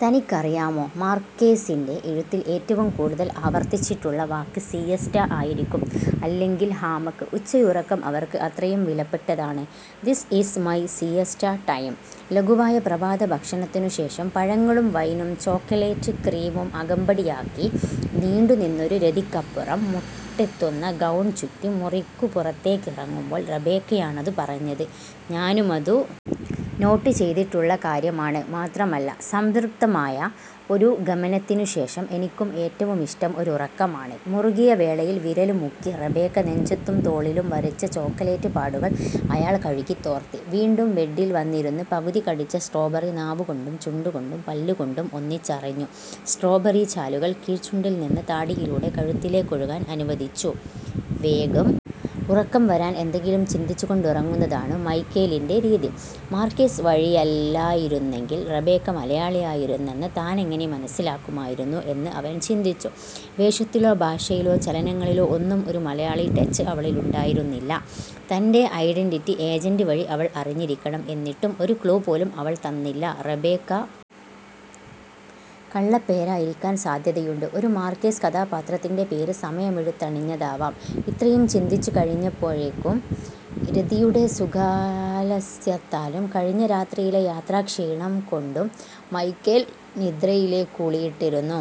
തനിക്കറിയാമോ? മാർക്കേസിന്റെ എഴുത്തിൽ ഏറ്റവും കൂടുതൽ ആവർത്തിച്ചിട്ടുള്ള വാക്ക് സീയസ്റ്റ ആയിരിക്കും. അല്ലെങ്കിൽ ഹാമക്ക്. ഉച്ചയുറക്കം അവർക്ക് അത്രയും വിലപ്പെട്ടതാണ്. ദിസ് ഈസ് മൈ സീയസ്റ്റ ടൈം.ലഘുവായ പ്രഭാതഭക്ഷണത്തിനു ശേഷം പഴങ്ങളും വൈനും ചോക്കലേറ്റ് ക്രീമും അകമ്പടിയാക്കി നീണ്ടുനിന്നൊരു രതിക്കപ്പുറം മുട്ടെത്തുന്ന ഗൗൺ ചുറ്റി മുറിക്കു പുറത്തേക്കിറങ്ങുമ്പോൾ റബേക്കയാണതു പറഞ്ഞത്. ഞാനുമതു നോട്ട് ചെയ്തിട്ടുള്ള കാര്യമാണ്. മാത്രമല്ല, സംതൃപ്തമായ ഒരു ഗമനത്തിനു ശേഷം എനിക്കും ഏറ്റവുമിഷ്ടം ഒരുറക്കമാണ്. മുറുകിയ വേളയിൽ വിരൽ മുക്കി റബേക്ക നെഞ്ചത്തും തോളിലും വരച്ച ചോക്കലേറ്റ് പാടുകൾ അയാൾ കഴുകിത്തോർത്തി. വീണ്ടും ബെഡിൽ വന്നിരുന്ന് പകുതി കടിച്ച സ്ട്രോബറി നാവുകൊണ്ടും ചുണ്ടുകൊണ്ടും പല്ലുകൊണ്ടും ഒന്നിച്ചറിഞ്ഞു. സ്ട്രോബറി ചാലുകൾ കീഴ്ച്ചുണ്ടിൽനിന്ന് താടിയിലൂടെ കഴുത്തിലേക്കൊഴുകാൻ അനുവദിച്ചു. വേഗം ഉറക്കം വരാൻ എന്തെങ്കിലും ചിന്തിച്ചുകൊണ്ടുറങ്ങുന്നതാണു മൈക്കേലിന്റെ രീതി. മാർക്കേസ് വഴിയല്ലായിരുന്നെങ്കിൽ റബേക്ക മലയാളിയായിരുന്നെന്ന് താനെങ്ങനെ മനസ്സിലാക്കുമായിരുന്നു എന്ന് അവൻ ചിന്തിച്ചു. വേഷത്തിലോ ഭാഷയിലോ ചലനങ്ങളിലോ ഒന്നും ഒരു മലയാളി ടച്ച് അവളിലുണ്ടായിരുന്നില്ല. തന്റെ ഐഡന്റിറ്റി ഏജന്റ് വഴി അവൾ അറിഞ്ഞിരിക്കണം. എന്നിട്ടും ഒരു ക്ലൂ പോലും അവൾ തന്നില്ല. റബേക്ക കള്ളപ്പേരായിരിക്കാൻ സാധ്യതയുണ്ട്. ഒരു മാർക്കേസ് കഥാപാത്രത്തിന്റെ പേര് സ്വയമെടുത്തണിഞ്ഞതാവാം. ഇത്രയും ചിന്തിച്ചുകഴിഞ്ഞപ്പോഴേക്കും രതിയുടെ സുഖാലസ്യത്താലും കഴിഞ്ഞ രാത്രിയിലെ യാത്രാക്ഷീണംകൊണ്ടും മൈക്കേൽ നിദ്രയിലേക്കൂളിയിട്ടിരുന്നു.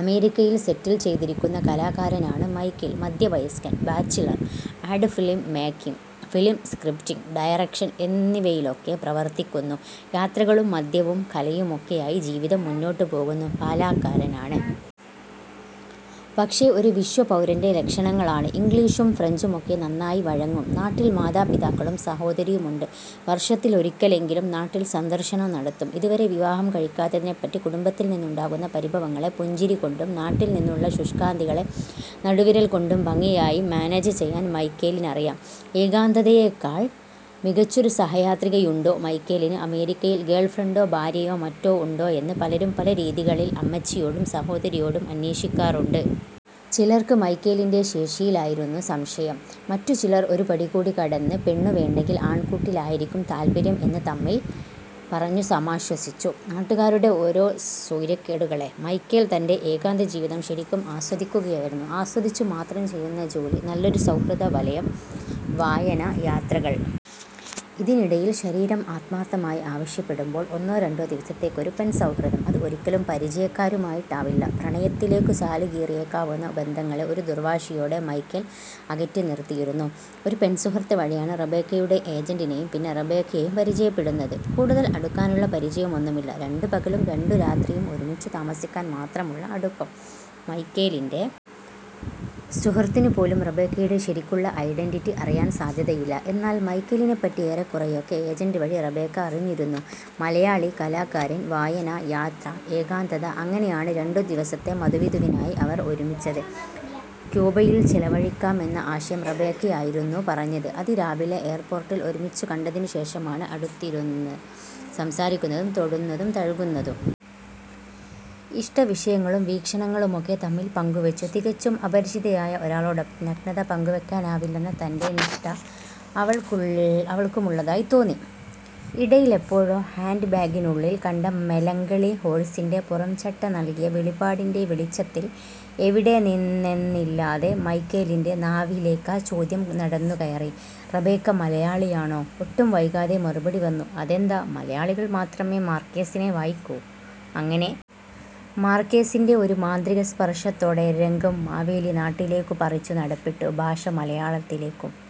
അമേരിക്കയിൽ സെറ്റിൽ ചെയ്തിരിക്കുന്ന കലാകാരനാണ് മൈക്കേൽ. മധ്യവയസ്കൻ. Bachelor. Ad film making, film scripting, direction എന്നിവയിലൊക്കെ പ്രവർത്തിക്കുന്നു. യാത്രകളും മദ്യവും കലയുമൊക്കെയായി ജീവിതം മുന്നോട്ടുപോകുന്നു. പാലാക്കാരനാണ്, പക്ഷേ ഒരു വിശ്വപൗരന്റെ ലക്ഷണങ്ങളാണ്. ഇംഗ്ലീഷും ഫ്രഞ്ചുമൊക്കെ നന്നായി വഴങ്ങും. നാട്ടിൽ മാതാപിതാക്കളും സഹോദരിയുമുണ്ട്. വർഷത്തിലൊരിക്കലെങ്കിലും നാട്ടിൽ സന്ദർശനം നടത്തും. ഇതുവരെ വിവാഹം കഴിക്കാത്തതിനെപ്പറ്റി കുടുംബത്തിൽനിന്നുണ്ടാകുന്ന പരിഭവങ്ങളെ പുഞ്ചിരികൊണ്ടും നാട്ടിൽനിന്നുള്ള ശുഷ്കാന്തികളെ നടുവിരൽകൊണ്ടും ഭംഗിയായി മാനേജ് ചെയ്യാൻ മൈക്കേലിനറിയാം. ഏകാന്തതയേക്കാൾ മികച്ചൊരു സഹയാത്രികയുണ്ടോ. മൈക്കേലിന് അമേരിക്കയിൽ ഗേൾഫ്രണ്ടോ ഭാര്യയോ മറ്റോ ഉണ്ടോയെന്ന് പലരും പല രീതികളിൽ അമ്മച്ചിയോടും സഹോദരിയോടും അന്വേഷിക്കാറുണ്ട്. ചിലർക്ക് മൈക്കേലിന്റെ ശേഷിയിലായിരുന്നു സംശയം. മറ്റു ചിലർ ഒരു പടി കൂടി കടന്ന് പെണ്ണു വേണ്ടെങ്കിൽ ആൺകൂട്ടിലായിരിക്കും താൽപര്യം എന്ന് തമ്മിൽ പറഞ്ഞു സമാശ്വസിച്ചു. നാട്ടുകാരുടെ ഓരോ സ്വൈര്യക്കേടുകളേ. മൈക്കേൽ തന്റെ ഏകാന്തജീവിതം ശരിക്കും ആസ്വദിക്കുകയായിരുന്നു. ആസ്വദിച്ചു മാത്രം ചെയ്യുന്ന ജോലി, നല്ലൊരു സൗഹൃദവലയം, വായന, യാത്രകൾ. ഇതിനിടയിൽ ശരീരം ആത്മാർത്ഥമായി ആവശ്യപ്പെടുമ്പോൾ ഒന്നോ രണ്ടോ ദിവസത്തേക്കൊരു പെൺസൗഹൃദം. അത് ഒരിക്കലും പരിചയക്കാരുമായിട്ടാവില്ല. പ്രണയത്തിലേക്കു ചാലുകീറിയേക്കാവുന്ന ബന്ധങ്ങളെ ഒരു ദുർവാശിയോടെ മൈക്കേൽ അകറ്റിനിർത്തിയിരുന്നു. ഒരു പെൺസുഹൃത്ത് വഴിയാണ് റബേക്കയുടെ ഏജന്റിനെയും പിന്നെ റബേക്കയെയും പരിചയപ്പെടുന്നത്. കൂടുതൽ അടുക്കാനുള്ള പരിചയമൊന്നുമില്ല. രണ്ടു പകലും രണ്ടു രാത്രിയും ഒരുമിച്ചു താമസിക്കാൻ മാത്രമുള്ള അടുപ്പം. മൈക്കേലിന്റെ സുഹൃത്തിനുപോലും റബേക്കയുടെ ശരിക്കുള്ള ഐഡന്റിറ്റി അറിയാൻ സാധ്യതയില്ല. എന്നാൽ മൈക്കേലിനെപ്പറ്റി ഏറെക്കുറെയൊക്കെ ഏജന്റ് വഴി റബേക്ക അറിഞ്ഞിരുന്നു. മലയാളി, കലാകാരൻ, വായന, യാത്ര, ഏകാന്തത. അങ്ങനെയാണ് രണ്ടു ദിവസത്തെ മധുവിധുവിനായി അവർ ഒരുമിച്ചത്. ക്യൂബയിൽ ചെലവഴിക്കാമെന്ന ആശയം റബേക്കയായിരുന്നു പറഞ്ഞത്. അതിരാവിലെ എയർപോർട്ടിൽ ഒരുമിച്ചു കണ്ടതിനു ശേഷമാണ് അടുത്തിരുന്ന് സംസാരിക്കുന്നതും തൊടുന്നതും തഴുകുന്നതും. ഇഷ്ടവിഷയങ്ങളും വീക്ഷണങ്ങളുമൊക്കെ തമ്മിൽ പങ്കുവെച്ചു. തികച്ചും അപരിചിതയായ ഒരാളോടൊപ്പം നഗ്നത പങ്കുവയ്ക്കാനാവില്ലെന്ന തന്റെ നിഷ്ഠ അവൾക്കുമുള്ളതായി തോന്നി. ഇടയിലെപ്പോഴോ ഹാൻഡ് ബാഗിനുള്ളിൽ കണ്ട മെലങ്കളി ഹോഴ്സിന്റെ പുറംചട്ട നൽകിയ വെളിപാടിന്റെ വെളിച്ചത്തിൽ എവിടെ നിന്നെന്നില്ലാതെ മൈക്കേലിന്റെ നാവിലേക്കാ ചോദ്യം നടന്നുകയറി. റബേക്ക മലയാളിയാണോ? ഒട്ടും വൈകാതെ മറുപടി വന്നു. അതെന്താ, മലയാളികൾ മാത്രമേ മാർക്കേസിനെ വായിക്കൂ. അങ്ങനെ മാർക്കേസിന്റെ ഒരു മാന്ത്രിക സ്പർശത്തോടെ രംഗം മാവേലി നാട്ടിലേക്കു പറിച്ചുനടപ്പെട്ടു. ഭാഷ മലയാളത്തിലേക്കും.